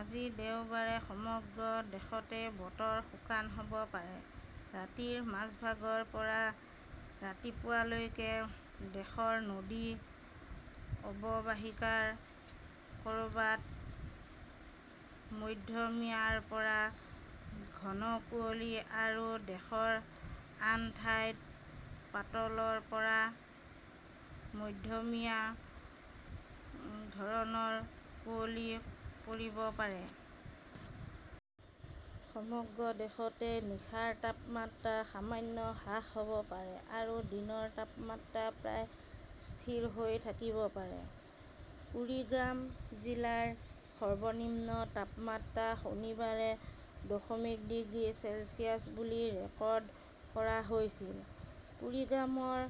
আজি দেওবাৰে সমগ্ৰ দেশতে বতৰ শুকান হ "ব পাৰে। ৰাতিৰ মাজভাগৰ পৰা ৰাতিপুৱা লৈকে দেশৰ নদী অৱবাহিকাৰ ক "ৰবাত মধ্যমীয়াৰ পৰা ঘন কুঁৱলী আৰু দেশৰ আন ঠাইত পাতলৰ পৰা মধ্যমীয়া ধৰণৰ কুঁৱলী পৰিব পাৰে। সমগ্ৰ দেশতে নিশাৰ তাপমাত্ৰা সামান্য হ্ৰাস হ "ব পাৰে আৰু দিনৰ তাপমাত্ৰা প্ৰায় স্থিৰ হৈ থাকিব পাৰে। কুৰিগ্ৰাম জিলাৰ সৰ্বনিম্ন তাপমাত্ৰা শনিবাৰে দশমিক ডিগ্ৰী চেলছিয়াছ বুলি ৰেকৰ্ড কৰা হৈছিল, কুৰিগ্ৰামৰ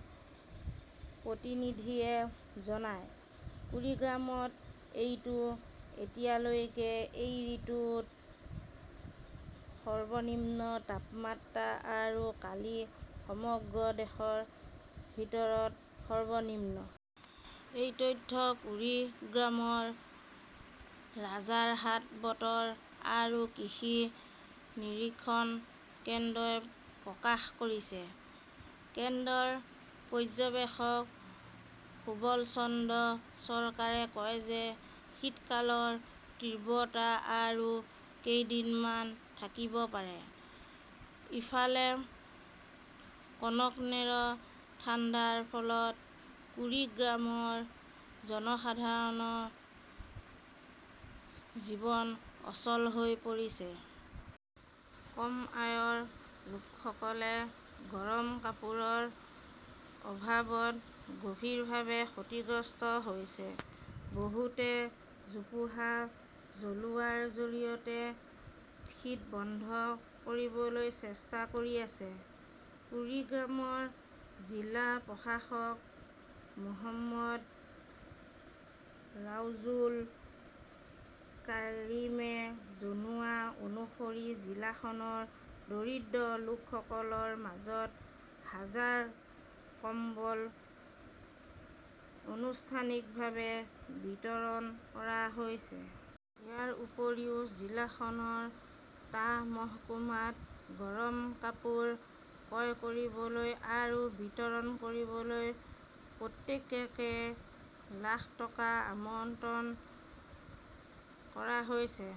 প্ৰতিনিধিয়ে জনায়। কুৰিগ্ৰামত এইটো এতিয়ালৈকে এই ঋতুৰ সৰ্বনিম্ন তাপমাত্ৰা আৰু কালি সমগ্ৰ দেশৰ ভিতৰত সৰ্বনিম্ন। এই তথ্য কুৰিগ্ৰামৰ ৰাজাৰহাট বতৰ আৰু কৃষি নিৰীক্ষণ কেন্দ্ৰই প্ৰকাশ কৰিছে। কেন্দ্ৰৰ পৰ্যবেক্ষক সুবল চন্দ্ৰ চৰকাৰে কয় যে শীতকালৰ তীব্ৰতা আৰু কেইদিনমান থাকিব পাৰে। ইফালে, কনকনেৰ ঠাণ্ডাৰ ফলত কুৰিগ্ৰামৰ জনসাধাৰণৰ জীৱন অচল হৈ পৰিছে। কম আয়ৰ লোকসকলে গৰম কাপোৰৰ অভাৱত গভীৰভাৱে ক্ষতিগ্ৰস্ত হৈছে। বহুতে জোপোহা জ্বলোৱাৰ জৰিয়তে শীত বন্ধ কৰিবলৈ চেষ্টা কৰি আছে। কুৰিগ্ৰামৰ জিলা প্ৰশাসক মো. ৰাজৌল কাৰিমে জনোৱা অনুসৰি জিলাখনৰ দৰিদ্ৰ লোকসকলৰ মাজত হাজাৰ কম্বল আনুষ্ঠানিকভাৱে বিতৰণ কৰা হৈছে। ইয়াৰ উপৰিও জিলাখনৰ টা মহকুমাত গৰম কাপোৰ ক্ৰয় কৰিবলৈ আৰু বিতৰণ কৰিবলৈ প্ৰত্যেককে লাখ টকা আবণ্টন কৰা হৈছে।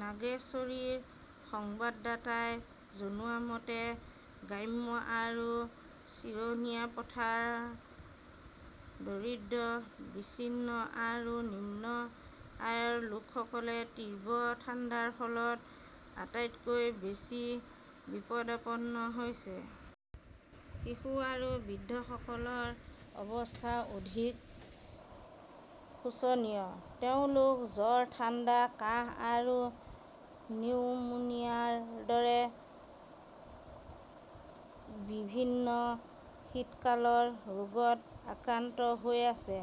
নাগেশ্বৰী ৰ সংবাদদাতাই জনোৱা মতে, গ্ৰাম্য আৰু চৰণীয়া পথাৰৰ দৰিদ্ৰ, বিচ্ছিন্ন আৰু নিম্ন আয়ৰ লোকসকলে তীব্ৰ ঠাণ্ডাৰ ফলত আটাইতকৈ বেছি বিপদাপন্ন হৈছে। শিশু আৰু বৃদ্ধসকলৰ অৱস্থা অধিক শোচনীয়। তেওঁলোক জ্বৰ, ঠাণ্ডা, কাহ আৰু নিউমোনিয়াৰ দৰে বিভিন্ন শীতকালৰ ৰোগত আক্ৰান্ত হৈ আছে।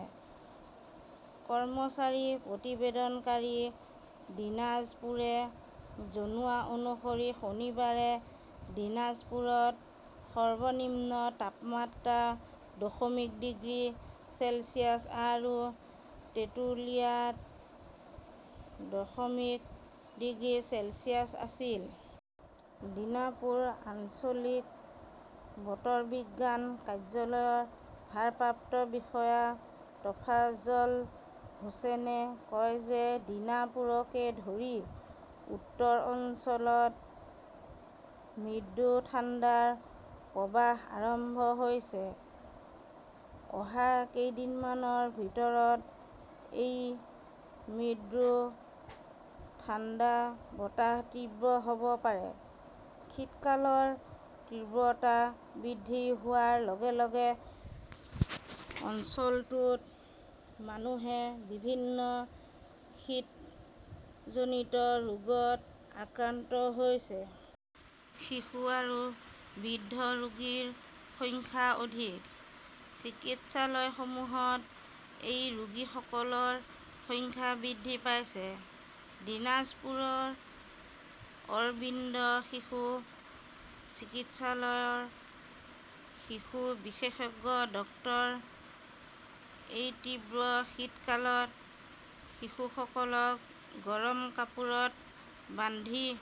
কৰ্মচাৰী প্ৰতিবেদনকাৰী দিনাজপুৰে জনোৱা অনুসৰি শনিবাৰে দিনাজপুৰত সৰ্বনিম্ন তাপমাত্ৰা দশমিক ডিগ্ৰী চেলছিয়াছ আৰু তেঁতুলিয়াত দশমিক ডিগ্ৰী চেলছিয়াছ আছিল। দীনাপুৰ আঞ্চলিক বতৰ বিজ্ঞান কাৰ্যালয়ৰ ভাৰপ্ৰাপ্ত বিষয়া টফাজ্জল হুচেইনে কয় যে দীনাপুৰকে ধৰি উত্তৰ অঞ্চলত মৃদু ঠাণ্ডাৰ প্ৰৱাহ আৰম্ভ হৈছে। অহা কেইদিনমানৰ ভিতৰত এই মৃদু ঠাণ্ডা বতাহ তীব্ৰ হ "ব পাৰে। শীতকালৰ তীব্ৰতা বৃদ্ধি হোৱাৰ লগে লগে অঞ্চলটোত মানুহে বিভিন্ন শীতজনিত ৰোগত আক্ৰান্ত হৈছে। শিশু আৰু বৃদ্ধ ৰোগীৰ সংখ্যা অধিক। চিকিৎসালয়সমূহত এই ৰোগীসকলৰ সংখ্যা বৃদ্ধি পাইছে। দিনাজপুৰৰ অৰবিন্দ শিশু চিকিৎসালয়ৰ শিশু বিশেষজ্ঞ ড। এই তীব্ৰ শীতকালত শিশুসকলক গৰম কাপোৰত বান্ধি